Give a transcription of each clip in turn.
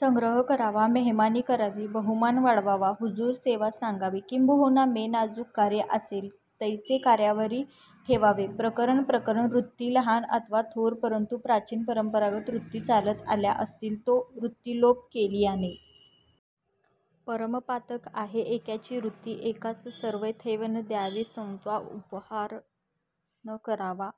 संग्रह करावा मेहमानी करावी बहुमान वाढवावा हुजूर सेवा सांगावी किंबहुना में नाजूक कार्य आसेल तैसे कार्यावरी ठेवावे प्रकरण प्रकरण वृत्ति लाहन अथवा थोर परंतु प्राचीन परंपरागत वृत्ति चालत आल्या असतील तो वृत्तिलोप केलियाने परम पातक आहे येकाची वृत्ति येकास सर्वथैव न द्यावी स्वतां अपहार न करावा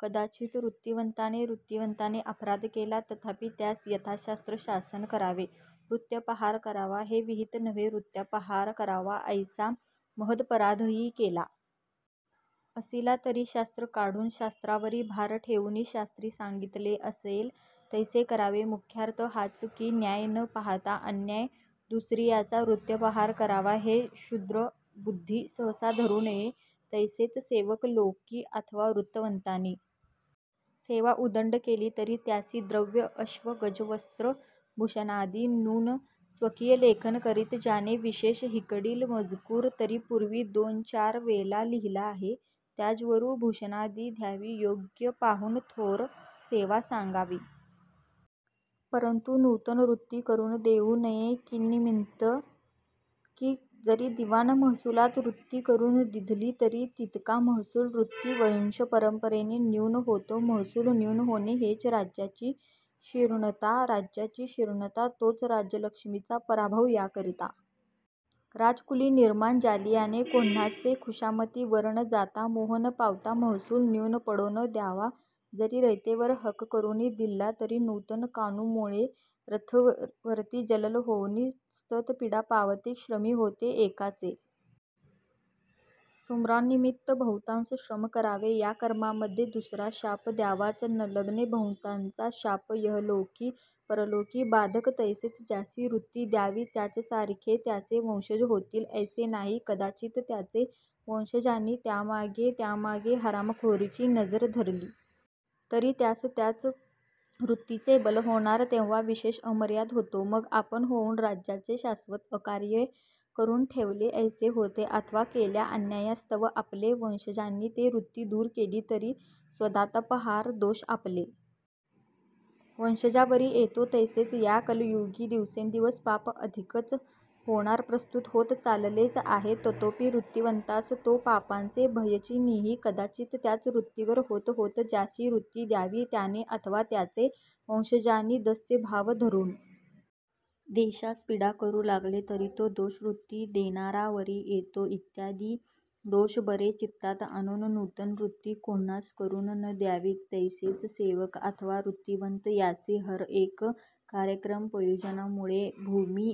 कदाचित् वृत्तिवंताने वृत्तिवंताने अपराध केला तथापि त्यास यथाशास्त्र शासन करावें वृत्यपहार करावा हें विहित नव्हे वृत्यापहार करावा यैसा महदपराधहि केला असिला तरी शास्त्र काढून शास्त्रावरी भार ठेऊन शास्त्रीं सांगितलें असेल तैसें करावें मुख्यार्थ हाच कीं न्याय न पाहतां अन्याय दुसरीयाचा वृत्यपहार करावा हे क्षुद्र बुद्धि सहसा धरूं नये तैसेंच सेवक लोकीं अथवा वृत्तिवंतांनी सेवा उदंड केली तरी त्यांसी द्रव्य अश्व गज वस्त्र भूषणादि णून स्वकीय लेखन करीत जाणे विशेष हिकडील मजकूर तरी पूर्वी दोन च्यार वेला लिहिला आहे त्याजवरू भूषणादि द्यावी योग्य पाहून थोर सेवा सांगावी परंतु नूतन वृत्ति करून देऊं नये किंनीमित्त की जरी दिवाण महसुलात वृत्ति करुन दिधली तरी तितका महसूल वृत्ति वंशपरंपरेनें न्यून होतो महसूल न्यून होणे हेच राज्याची शीर्णता राज्याची शीर्णता तोच राज्यलक्ष्मीचा पराभव याकरितां राजकुलीं निर्माण जालियाने कोण्हाचे खुषामती वर न जातां मोह न पावतां महसूल न्यून पडों न द्यावा जरी रयतेवरी हक करून दिल्हा तरी नूतन कानूमुळें रथतीवरी जलल होऊन स्थत पीडा पावते श्रमी होते येकाचे सुम्रानिमित्त बहुतांस श्रम करावे या कर्मामध्यें दूसरा शाप द्यावाच नलगे बहुतांचा शाप यहलोकी परलोकीं बाधक तैसेच ज्यासी वृत्ति द्यावी त्याचसारिखे त्याचे वंशज होतील ऐसें नाही कदाचित् त्याचे वंशजांनी त्यांमागें त्यांमागें हरामखोरीची नजर धरली तरी त्यास त्याच वृत्तीचें बल होणार तेव्हां विशेष अमर्याद होतो मग आपण होऊन राज्याचे शाश्वत अकार्ये करून ठेविलें यैसें होते अथवा केल्या अन्यायास्तव आपले वंशजांनी ते वृत्ति दूर केली तरी स्वदतापहार दोष आपले वंशजांवरी येतो तैसेंच या कलयुगीं दिवसेंदिवस पाप अधिकच होणार प्रस्तुत होत चाललेंच आहे ततोपी वृत्तिवंतास तों पापाचें भयच नींही कदाचित् त्याच वृत्तीवर होत होत ज्यासी वृत्ति द्यावी त्याणे अथवा त्याचे वंशजांनी दस्युभाव धरून देशास पीडा करूं लागले तरी तो दोष वृत्ति देणारावरी येतो इत्यादि दोष बरे चित्तात आणून नूतन वृत्ति कोण्हास करून न द्यावी तैसेच सेवक आथवा वृत्तिवंत यांसी हर येक कार्यप्रयोजनामुळे भूमि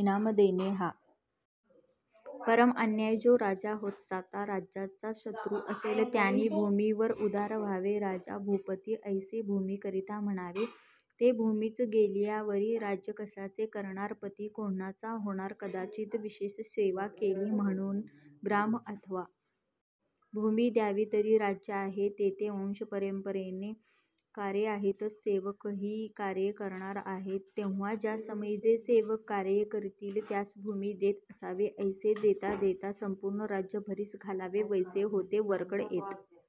इनाम देणें हा परम अन्याय जो राजा होत्साता राज्याचा शत्रु असेल त्याणी भूमीवर उदार व्हावे राजा भूपति यैसें भूमीकरितां म्हणावें ते भूमीच गेलियावरी राज्य कशाचे करणार पति कोण्हाचा होणार कदाचित् विशेष सेवा केली म्हणौन ग्राम अथवा भूमी द्यावी तरी राज्य आहे तेथे वंशपरंपरेने कार्यें आहेतच सेवकही कार्ये करणार आहेत तेव्हा ज्या समई जे सेवक कार्ये करितील त्यास भूमि देत असावे यैसे देता देता संपूर्ण राज्य भरीस घालावे वैसे होते वरकड येत